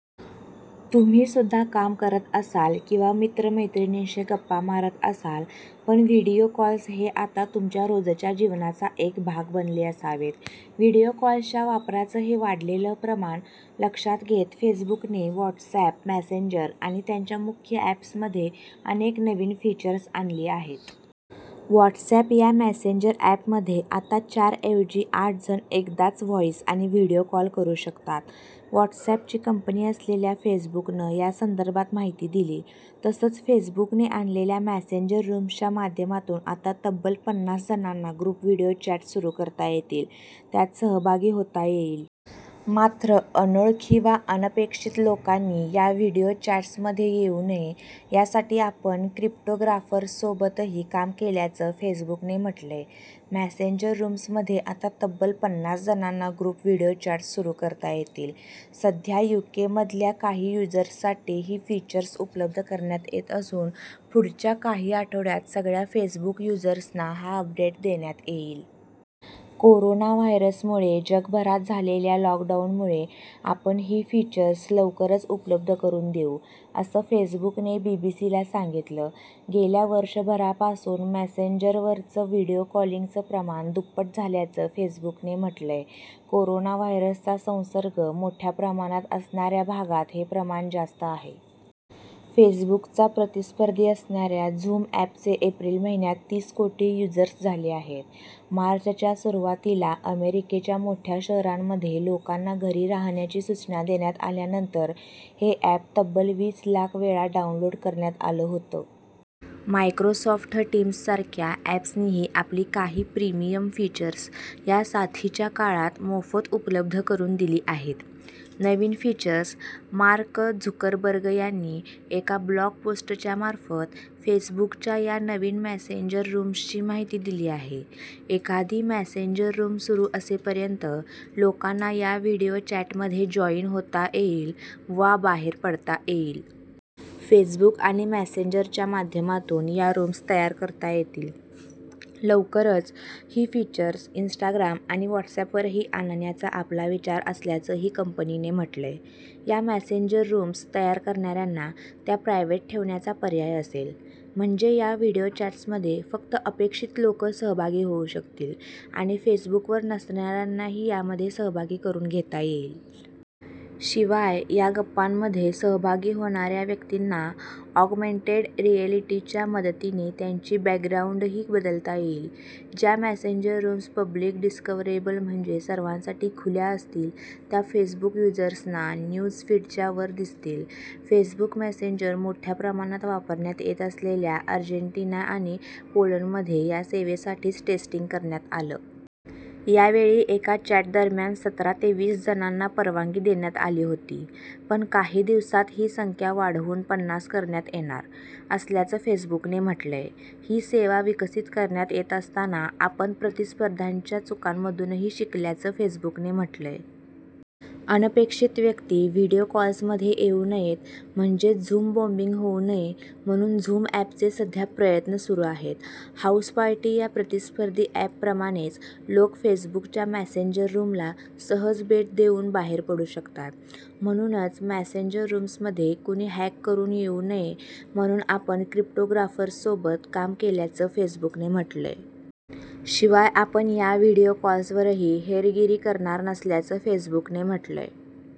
तुम्हीसुद्धा काम करत असाल किंवा मित्रमैत्रिणींशी गप्पा मारत असाल, पण व्हीडिओ कॉल्स हे आता तुमच्या रोजच्या जीवनाचा एक भाग बनले असावेत. व्हीडिओ कॉल्सच्या वापराचं हे वाढलेलं प्रमाण लक्षात घेत फेसबुकने व्हॉट्सॲप, मेसेंजर आणि त्यांच्या मुख्य ॲप्समध्ये अनेक नवीन फीचर्स आणली आहेत. व्हॉट्सॲप या मेसेंजर ॲपमध्ये आता चार ऐवजी आठ जण एकदाच व्हॉईस आणि व्हीडिओ कॉल करू शकतात. व्हॉट्सॲपची कंपनी असलेल्या फेसबुकनं यासंदर्भात माहिती दिली. तसंच, फेसबुकने आणलेल्या मेसेंजर रूम्सच्या माध्यमातून आता तब्बल पन्नास जणांना ग्रुप व्हीडिओ चॅट्स सुरू करता येतील, त्यात सहभागी होता येईल. मात्र अनोळखी वा अनपेक्षित लोकांनी या व्हीडिओ चॅट्समध्ये येऊ नये, यासाठी आपण क्रिप्टोग्राफर्ससोबतही काम केल्याचं फेसबुकने म्हटलंय. मेसेंजर रूम्समध्ये आता तब्बल पन्नास जणांना ग्रुप व्हीडिओ चॅट्स सुरू करता येतील सध्या युकेमधल्या काही युजर्ससाठी ही फीचर्स उपलब्ध करण्यात येत असून पुढच्या काही आठवड्यांत सगळ्या फेसबुक युजर्सना हा अपडेट देण्यात येईल. कोरोना व्हायरसमुळे जगभरात झालेल्या लॉकडाऊनमुळे आपण ही फीचर्स लवकरच उपलब्ध करून देऊ, असं फेसबुकने बीबीसीला सांगितलं. गेल्या वर्षभरापासून मेसेंजरवरचं व्हिडिओ कॉलिंगचं प्रमाण दुप्पट झाल्याचं फेसबुकने म्हटलंय. कोरोना व्हायरसचा संसर्ग मोठ्या प्रमाणात असणाऱ्या भागांत हे प्रमाण जास्त आहे. फेसबुकचा प्रतिस्पर्धी असणाऱ्या झूम ॲपचे एप्रिल महिन्यात तीस कोटी युजर्स झाले आहेत. मार्चच्या सुरुवातीला अमेरिकेच्या मोठ्या शहरांमध्ये लोकांना घरी राहण्याची सूचना देण्यात आल्यानंतर हे ॲप तब्बल वीस लाख वेळा डाऊनलोड करण्यात आलं होतं. मायक्रोसॉफ्ट टीम्ससारख्या ॲप्सनीही आपली काही प्रिमियम फीचर्स या साथीच्या काळात मोफत उपलब्ध करून दिली आहेत. नवीन फीचर्स मार्क झुकरबर्ग यांनी एका ब्लॉग पोस्टच्या मार्फत फेसबुकच्या या नवीन मेसेंजर रूम्सची माहिती दिली आहे. एखादी मेसेंजर रूम सुरू असे पर्यंत लोकांना या व्हिडिओ चॅटमध्ये जॉईन होता येईल वा बाहेर पडता येईल. फेसबुक किंवा मेसेंजरच्या माध्यमातून या रूम्स तयार करता येतील. लवकरच ही फीचर्स इन्स्टाग्राम आणि व्हॉट्सॲपवरही आणण्याचा आपला विचार असल्याचंही कंपनीने म्हटलंय. या मेसेंजर रूम्स तयार करणाऱ्यांना त्या प्रायव्हेट ठेवण्याचा पर्याय असेल, म्हणजे या व्हिडिओ चॅट्समध्ये फक्त अपेक्षित लोकं सहभागी होऊ शकतील आणि फेसबुकवर नसणाऱ्यांनाही यामध्ये सहभागी करून घेता येईल. शिवाय या गप्पांमध्ये सहभागी होणाऱ्या व्यक्तींना ऑगमेंटेड रिएलिटीच्या मदतीने त्यांची बॅकग्राऊंडही बदलता येईल. ज्या मेसेंजर रूम्स पब्लिक डिस्कव्हरेबल म्हणजे सर्वांसाठी खुल्या असतील त्या फेसबुक युजर्सना न्यूज फीडच्या वर दिसतील. फेसबुक मेसेंजर मोठ्या प्रमाणात वापरण्यात येत असलेल्या अर्जेंटिना आणि पोलंडमध्ये या सेवेसाठीचं टेस्टिंग करण्यात आलं. यावेळी एका चॅटदरम्यान सतरा ते वीस जणांना परवानगी देण्यात आली होती, पण काही दिवसांत ही संख्या वाढवून पन्नास करण्यात येणार असल्याचं फेसबुकने म्हटलंय. ही सेवा विकसित करण्यात येत असताना आपण प्रतिस्पर्ध्यांच्या चुकांमधूनही शिकल्याचं फेसबुकने म्हटलंय. अनपेक्षित व्यक्ती व्हिडिओ कॉल्समध्ये येऊ नयेत म्हणजेच झूम बॉम्बिंग होऊ नये म्हणून झूम ॲपचे सध्या प्रयत्न सुरू आहेत. हाऊसपार्टी या प्रतिस्पर्धी ॲपप्रमाणेच लोक फेसबुकच्या मेसेंजर रूमला सहज भेट देऊन बाहेर पडू शकतात म्हणूनच मेसेंजर रूम्समध्ये कुणी हॅक करून येऊ नये म्हणून आपण क्रिप्टोग्राफर्ससोबत काम केल्याचं फेसबुकने म्हटलंय. शिवाय आपण या व्हिडिओ कॉल्सवरही हेरगिरी करणार नसल्याचं फेसबुकने म्हटलंय.